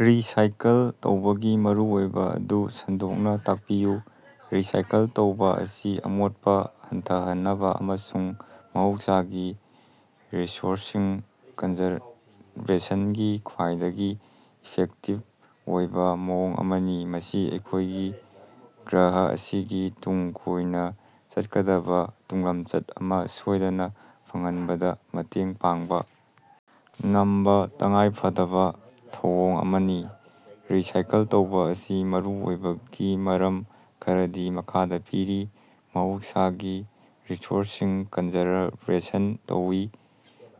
Recycle ꯇꯧꯕꯒꯤ ꯃꯔꯨꯑꯣꯏꯕ ꯑꯗꯨ ꯁꯟꯗꯣꯛꯅ ꯇꯥꯛꯄꯤꯌꯨ꯫ ꯔꯤꯁꯥꯏꯀꯜ ꯇꯧꯕꯥ ꯑꯁꯤ ꯑꯃꯣꯠꯄ ꯍꯟꯊꯍꯟꯅꯕ ꯑꯃꯁꯨꯡ ꯃꯍꯧꯁꯥꯒꯤ ꯔꯤꯁꯣꯔꯁꯁꯤꯡ ꯀꯟꯖꯔꯕꯦꯁꯟꯒꯤ ꯈ꯭ꯋꯥꯏꯗꯒꯤ ꯏꯐꯦꯛꯇꯤꯕ ꯑꯣꯏꯕ ꯃꯑꯣꯡ ꯑꯃꯅꯤ꯫ ꯃꯁꯤ ꯑꯩꯈꯣꯏꯒꯤ ꯒ꯭ꯔꯍ ꯑꯁꯤꯒꯤ ꯇꯨꯡ ꯀꯣꯏꯅ ꯆꯠꯀꯗꯕ ꯇꯨꯡꯂꯝꯆꯠ ꯑꯃ ꯁꯣꯏꯗꯅ ꯐꯪꯍꯟꯕꯗ ꯃꯇꯦꯡ ꯄꯥꯡꯕ ꯉꯝꯕ ꯇꯉꯥꯏꯐꯗꯕ ꯊꯧꯑꯣꯡ ꯑꯃꯅꯤ꯫ ꯔꯤꯁꯥꯏꯀꯜ ꯇꯧꯕ ꯑꯁꯤ ꯃꯔꯨꯑꯣꯏꯕꯒꯤ ꯃꯔꯝ ꯈꯔꯗꯤ ꯃꯈꯥꯗ ꯄꯤꯔꯤ: ꯃꯍꯧꯁꯥꯒꯤ ꯔꯤꯁꯣꯔꯁꯁꯤꯡ ꯀꯟꯖꯔꯕꯦꯁꯟ ꯇꯧꯏ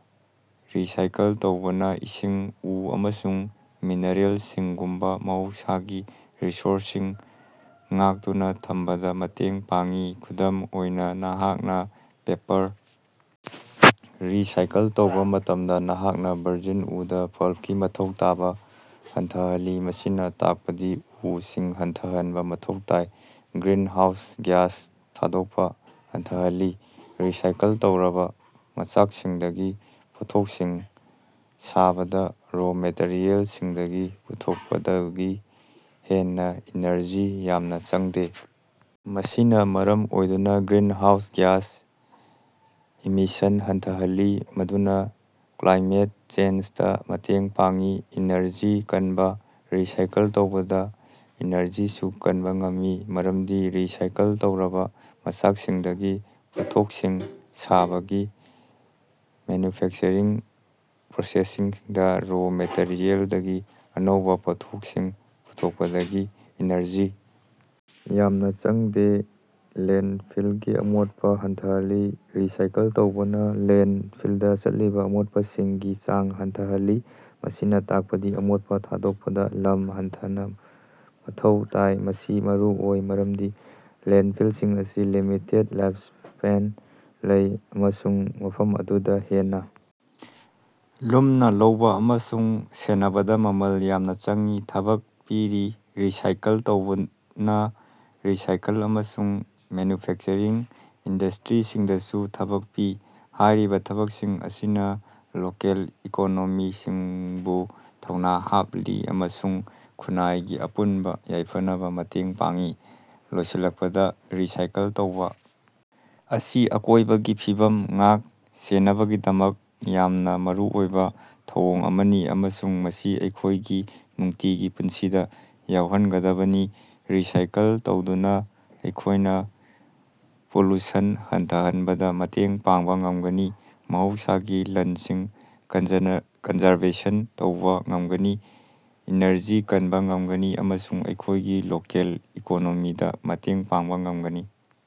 ꯫ ꯔꯤꯁꯥꯏꯀꯜ ꯇꯧꯕꯅ ꯏꯁꯤꯡ, ꯎ ꯑꯃꯁꯨꯡ ꯃꯤꯅꯔꯦꯜꯁꯤꯡꯒꯨꯝꯕ ꯃꯍꯧꯁꯥꯒꯤ ꯔꯤꯁꯣꯔꯁꯁꯤꯡ ꯉꯥꯛꯇꯨꯅ ꯊꯝꯕꯗ ꯃꯇꯦꯡ ꯄꯥꯡꯏ꯫ ꯈꯨꯗꯝ ꯑꯣꯏꯅ ꯅꯍꯥꯛꯅ ꯄꯦꯄꯔ ꯔꯤꯁꯥꯏꯀꯜ ꯇꯧꯕ ꯃꯇꯝꯗ, ꯅꯍꯥꯛꯅ ꯚꯔꯖꯤꯟ ꯎꯗ ꯄꯜꯄꯀꯤ ꯃꯊꯧ ꯇꯥꯕ ꯍꯟꯊꯍꯜꯂꯤ꯫ ꯃꯁꯤꯅ ꯇꯥꯛꯄꯗꯤ ꯎꯁꯤꯡ ꯍꯟꯊꯍꯟꯕ ꯃꯊꯧ ꯇꯥꯏ꯫ ꯒ꯭ꯔꯤꯟ ꯍꯥꯎꯁ ꯒ꯭ꯌꯥꯁ ꯊꯥꯗꯣꯛꯄ ꯍꯟꯊꯍꯜꯂꯤ꯫ ꯔꯤꯁꯥꯏꯀꯜ ꯇꯧꯔꯕ ꯃꯆꯥꯛꯁꯤꯡꯗꯒꯤ ꯄꯣꯠꯊꯣꯛꯁꯤꯡ ꯁꯥꯕꯗ ꯔꯣ ꯃꯦꯇꯔꯤꯌꯦꯜꯁꯤꯡꯗꯒꯤ ꯄꯨꯊꯣꯛꯄꯗꯒꯤ ꯍꯦꯟꯅ ꯏꯅꯔꯖꯤ ꯌꯥꯝꯅ ꯆꯪꯗꯦ꯫ ꯃꯁꯤꯅ ꯃꯔꯝ ꯑꯣꯏꯗꯨꯅ ꯒ꯭ꯔꯤꯟꯍꯥꯎꯁ ꯒ꯭ꯌꯥꯁ ꯏꯃꯤꯁꯟ ꯍꯟꯊꯍꯜꯂꯤ꯫ ꯃꯗꯨꯅ ꯀ꯭ꯂꯥꯏꯃꯦꯠ ꯆꯦꯟꯖꯗ ꯃꯇꯦꯡ ꯄꯥꯡꯏ꯫ ꯏꯅꯔꯖꯤ ꯀꯟꯕ: ꯔꯤꯁꯥꯏꯀꯜ ꯇꯧꯕꯅ ꯏꯅꯔꯖꯤꯁꯨ ꯀꯟꯕ ꯉꯝꯃꯤ ꯃꯔꯝꯗꯤ ꯔꯤꯁꯥꯏꯀꯜ ꯇꯧꯔꯕ ꯃꯆꯥꯛꯁꯤꯡꯗꯒꯤ ꯄꯣꯠꯊꯣꯛꯁꯤꯡ ꯁꯥꯕꯒꯤ ꯃꯦꯟꯌꯨꯐꯦꯛꯆꯔꯤꯡ ꯄ꯭ꯔꯣꯁꯦꯁꯁꯤꯡꯗ ꯔꯣ ꯃꯦꯇꯔꯤꯌꯦꯜꯗꯒꯤ ꯑꯅꯧꯕ ꯄꯣꯠꯊꯣꯛꯁꯤꯡ ꯄꯨꯊꯣꯛꯄꯗꯒꯤ ꯏꯅꯔꯖꯤ ꯌꯥꯝꯅ ꯆꯪꯗꯦ꯫ ꯂꯦꯟꯗꯐꯤꯜꯒꯤ ꯑꯃꯣꯠꯄ ꯍꯟꯊꯍꯜꯂꯤ: ꯔꯤꯁꯥꯏꯀꯜ ꯇꯧꯕꯅꯥ ꯂꯦꯟꯗꯐꯤꯜꯗ ꯆꯠꯂꯤꯕ ꯑꯃꯣꯠꯄꯁꯤꯡꯒꯤ ꯆꯥꯡ ꯍꯟꯊꯍꯜꯂꯤ꯫ ꯃꯁꯤꯅ ꯇꯥꯛꯄꯗꯤ ꯑꯃꯣꯠꯄ ꯊꯥꯗꯣꯛꯄꯗ ꯂꯝ ꯍꯟꯊꯅ ꯃꯊꯧ ꯇꯥꯏ꯫ ꯃꯁꯤ ꯃꯔꯨꯑꯣꯏ ꯃꯔꯝꯗꯤ ꯂꯦꯟꯗꯐꯤꯜꯁꯤꯡ ꯑꯁꯤ ꯂꯤꯃꯤꯇꯦꯗ ꯂꯥꯏꯐꯁ꯭ꯄꯦꯟ ꯂꯩ ꯫ ꯑꯃꯁꯨꯡ ꯃꯐꯝ ꯑꯗꯨꯗ ꯍꯦꯟꯅ ꯂꯨꯝꯅ ꯂꯧꯕ ꯑꯃꯁꯨꯡ ꯁꯦꯟꯅꯕꯗ ꯃꯃꯜ ꯌꯥꯝꯅ ꯆꯪꯏ꯫ ꯊꯕꯛ ꯄꯤꯔꯤ: ꯔꯤꯁꯥꯏꯀꯜ ꯇꯧꯕꯅ ꯔꯤꯁꯥꯏꯀꯜ ꯑꯃꯁꯨꯡ ꯃꯦꯟꯌꯨꯐꯦꯛꯆꯔꯤꯡ ꯏꯟꯗꯁ꯭ꯇꯔꯤꯁꯤꯡꯗꯁꯨ ꯊꯕꯛ ꯄꯤ꯫ ꯍꯥꯏꯔꯤꯕ ꯊꯕꯛꯁꯤꯡ ꯑꯁꯤꯅ ꯂꯣꯀꯦꯜ ꯏꯀꯣꯅꯣꯃꯤꯁꯤꯡꯕꯨ ꯊꯧꯅ ꯍꯥꯞꯂꯤ꯫ ꯑꯃꯁꯨꯡ ꯈꯨꯟꯅꯥꯏꯒꯤ ꯑꯄꯨꯟꯕ ꯌꯥꯏꯐꯅꯕ ꯃꯇꯦꯡ ꯄꯥꯡꯏ꯫ ꯂꯣꯏꯁꯤꯜꯂꯛꯄꯗ ꯔꯤꯁꯥꯏꯀꯜ ꯇꯧꯕ ꯑꯁꯤ ꯑꯀꯣꯏꯕꯒꯤ ꯐꯤꯕꯝ ꯉꯥꯛ-ꯁꯦꯟꯅꯕꯒꯤꯗꯃꯛ ꯌꯥꯝꯅ ꯃꯔꯨꯑꯣꯏꯕ ꯊꯧꯑꯣꯡ ꯑꯃꯅꯤ꯫ꯑꯃꯁꯨꯡ ꯃꯁꯤ ꯑꯩꯈꯣꯏꯒꯤ ꯅꯨꯡꯇꯤꯒꯤ ꯄꯨꯟꯁꯤꯗ ꯌꯥꯎꯍꯟꯒꯗꯕꯅꯤ꯫ ꯔꯤꯁꯥꯏꯀꯜ ꯇꯧꯗꯨꯅ ꯑꯩꯈꯣꯏꯅ ꯄꯣꯂꯨꯁꯟ ꯍꯟꯊꯍꯟꯕꯗ ꯃꯇꯦꯡ ꯄꯥꯡꯕ ꯉꯝꯒꯅꯤ꯫ ꯃꯍꯧꯁꯥꯒꯤ ꯂꯟꯁꯤꯡ ꯀꯟꯖꯅꯔ ꯀꯟꯖꯔꯕꯦꯁꯟ ꯇꯧꯕ ꯉꯝꯒꯅꯤ꯫ꯏꯅꯔꯖꯤ ꯀꯟꯕ ꯉꯝꯒꯅꯤ ꯑꯃꯁꯨꯡ ꯑꯩꯈꯣꯢꯒꯤ ꯂꯣꯀꯦꯜ ꯏꯀꯣꯅꯣꯃꯤꯗ ꯃꯇꯦꯡ ꯄꯥꯡꯕ ꯉꯝꯒꯅꯤ꯫